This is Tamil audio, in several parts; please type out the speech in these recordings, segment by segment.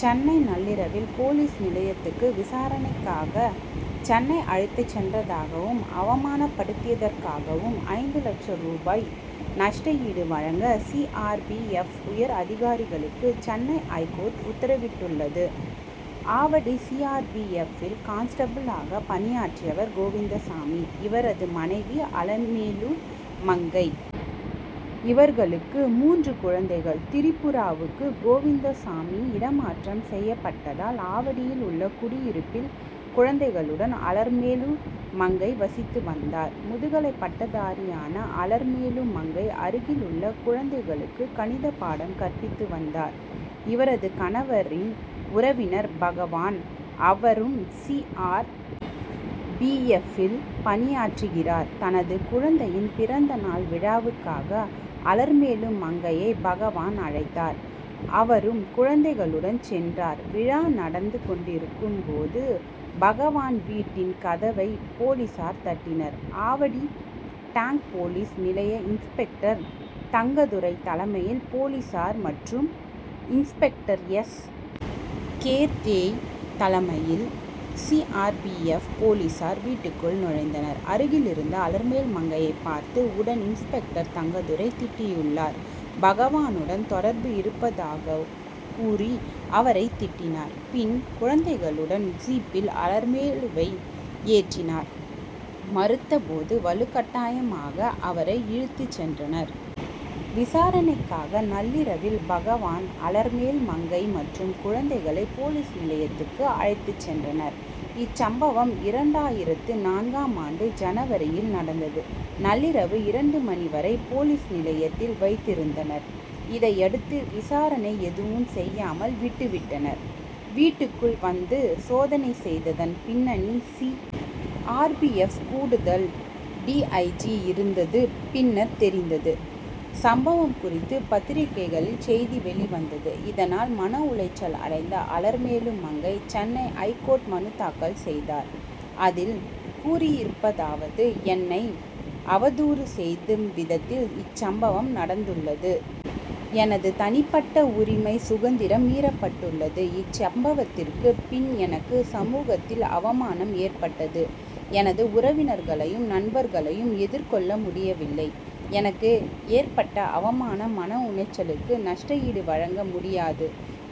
சென்னை நள்ளிரவில் போலீஸ் நிலையத்துக்கு விசாரணைக்காக பெண்ணை அழைத்துச் சென்றதற்காகவும் அவமானப்படுத்தியதற்காகவும் ஐந்து லட்ச ரூபாய் நஷ்டஈடு வழங்க சி. ஆர். பி. எப். உயர் அதிகாரிகளுக்கு சென்னை ஐகோர்ட் உத்தரவிட்டுள்ளது. ஆவடி சி. ஆர். பி. எப்.ல் கான்ஸ்டபிளாக பணியாற்றியவர் கோவிந்தசாமி. இவரது மனைவி அலர்மேலு மங்கை. இவர்களுக்கு மூன்று குழந்தைகள். திரிபுராவுக்கு கோவிந்தசாமி இடமாற்றம் செய்யப்பட்டதால் ஆவடியில் உள்ள குடியிருப்பில் குழந்தைகளுடன் அலர்மேலு மங்கை வசித்து வந்தார். முதுகலை பட்டதாரியான அலர்மேலு மங்கை அருகில் உள்ள குழந்தைகளுக்கு கணித பாடம் கற்பித்து வந்தார். இவரது கணவரின் உறவினர் பகவான். அவரும் சி. ஆர். பி. எப்.ல் பணியாற்றுகிறார். தனது குழந்தையின் பிறந்த நாள் விழாவுக்காக அலர்மேலு மங்கையை பகவான் அழைத்தார். அவரும் குழந்தைகளுடன் சென்றார். விழா நடந்து கொண்டிருக்கும் போது பகவான் வீட்டின் கதவை போலீசார் தட்டினர். ஆவடி டேங்க் போலீஸ் நிலைய இன்ஸ்பெக்டர் தங்கதுரை தலைமையில் போலீசார் மற்றும் இன்ஸ்பெக்டர் எஸ். கே. தேய் தலைமையில் சி. ஆர். பி. எப். போலீசார் வீட்டுக்குள் நுழைந்தனர். அங்கிருந்த அலர்மேலு மங்கையை பார்த்த உடன் இன்ஸ்பெக்டர் தங்கதுரை திட்டியுள்ளார். பகவானுடன் தொடர்பு இருப்பதாகக் கூறி அவரை திட்டினார். பின் குழந்தைகளுடன் ஜீப்பில் அலர்மேலுவை ஏற்றினர். மறுத்த போது வலுக்கட்டாயமாக அவரை இழுத்துச் சென்றனர். விசாரணைக்காக நள்ளிரவில் பகவான் அலர்மேலு மங்கை மற்றும் குழந்தைகளை போலீஸ் நிலையத்துக்கு அழைத்துச் சென்றனர். இச்சம்பவம் இரண்டாயிரத்து நான்காம் ஆண்டு ஜனவரியில் நடந்தது. நள்ளிரவு இரண்டு மணி வரை போலீஸ் நிலையத்தில் வைத்திருந்தனர். இதையடுத்து விசாரணை எதுவும் செய்யாமல் விட்டு விட்டனர். வீட்டுக்குள் வந்து சோதனை செய்ததன் பின்னணியில் சி. ஆர். பி. எப். கூடுதல் டி. ஐ. ஜி. இருந்தது பின்னர் தெரிந்தது. சம்பவம் குறித்து பத்திரிகைகளில் செய்தி வெளிவந்தது. இதனால் மனஉளைச்சல் அடைந்த அலர்மேலு மங்கை சென்னை ஐகோர்ட்டில் மனு தாக்கல் செய்தார். அதில் கூறியிருப்பதாவது என்னை அவதூறு செய்யும் விதத்தில் இச்சம்பவம் நடந்துள்ளது. எனது தனிப்பட்ட உரிமை சுதந்திரம் மீறப்பட்டுள்ளது. இச்சம்பவத்துக்குப் பின் எனக்கு சமூகத்தில் அவமானம் ஏற்பட்டது. எனது உறவினர்களையும் நண்பர்களையும் எதிர்கொள்ள முடியவில்லை. எனக்கு ஏற்பட்ட அவமானம் மன உளைச்சலுக்கு நஷ்டஈடு வழங்க முடியாது.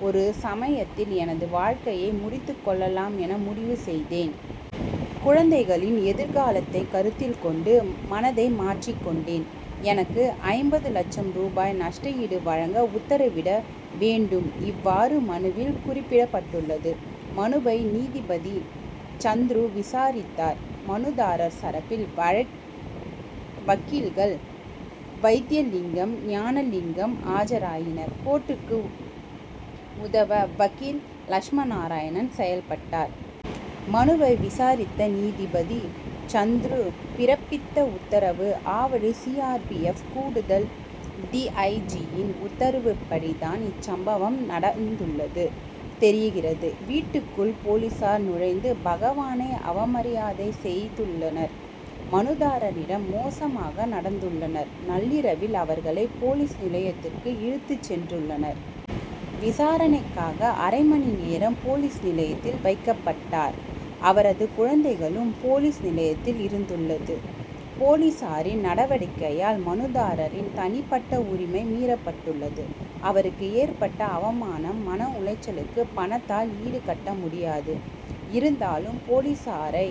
ஒரு சமயத்தில் எனது வாழ்க்கையை முடித்துக் கொள்ளலாம் என முடிவு செய்தேன். குழந்தைகளின் எதிர்காலத்தை கருத்தில் கொண்டு மனதை மாற்றிக் கொண்டேன். எனக்கு ஐம்பது லட்ச ரூபாய் நஷ்டஈடு வழங்க உத்தரவிட வேண்டும். இவ்வாறு மனுவில் கூறப்பட்டுள்ளது. மனுவை நீதிபதி சந்துரு விசாரித்தார். மனுதாரர் சார்பில் வக்கீல்கள் வைத்தியலிங்கம் ஞானலிங்கம் ஆஜராயினர். கோர்ட்டுக்கு உதவ வக்கீல் லட்சுமிநாராயணன் செயல்பட்டார். மனுவை விசாரித்த நீதிபதி சந்துரு பிறப்பித்த உத்தரவு Avadi C. R. P. F. கூடுதல் டி. ஐ. ஜி.யின் உத்தரவுப்படி தான் இச்சம்பவம் நடந்துள்ளது தெரிகிறது. வீட்டுக்குள் போலீசார் நுழைந்து பகவானை அவமரியாதை செய்துள்ளனர். மனுதாரரிடம் மோசமாக நடந்துள்ளனர். நள்ளிரவில் அவர்களை போலீஸ் நிலையத்துக்குஇழுத்துச் சென்றுள்ளனர். விசாரணைக்காக அரை மணி நேரம் போலீஸ் நிலையத்தில் வைக்கப்பட்டார். அவரது குழந்தைகளும் போலீஸ் நிலையத்தில் இருந்துள்ளது. போலீசாரின் நடவடிக்கையால் மனுதாரரின் தனிப்பட்ட உரிமை மீறப்பட்டுள்ளது. அவருக்கு ஏற்பட்ட அவமானம் மன உளைச்சலுக்கு பணத்தால் ஈடுகட்ட முடியாது. இருந்தாலும் போலீசாரை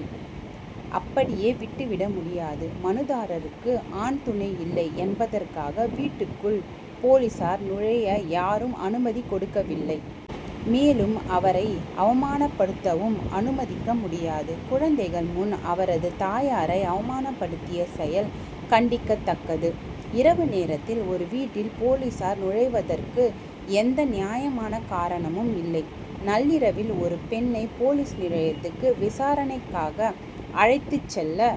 அப்படியே விட்டுவிட முடியாது. மனுதாரருக்கு ஆண் துணை இல்லை என்பதற்காக வீட்டுக்குள் போலீசார் நுழைய யாரும் அனுமதி கொடுக்கவில்லை. மேலும் அவரை அவமானப்படுத்தவும் அனுமதிக்க முடியாது. குழந்தைகள் முன் அவரது தாயாரை அவமானப்படுத்திய செயல் கண்டிக்கத்தக்கது. இரவு நேரத்தில் ஒரு வீட்டில் போலீசார் நுழைவதற்கு எந்த நியாயமான காரணமும் இல்லை. நள்ளிரவில் ஒரு பெண்ணை போலீஸ் நிலையத்துக்கு விசாரணைக்காக அழைத்துச் செல்ல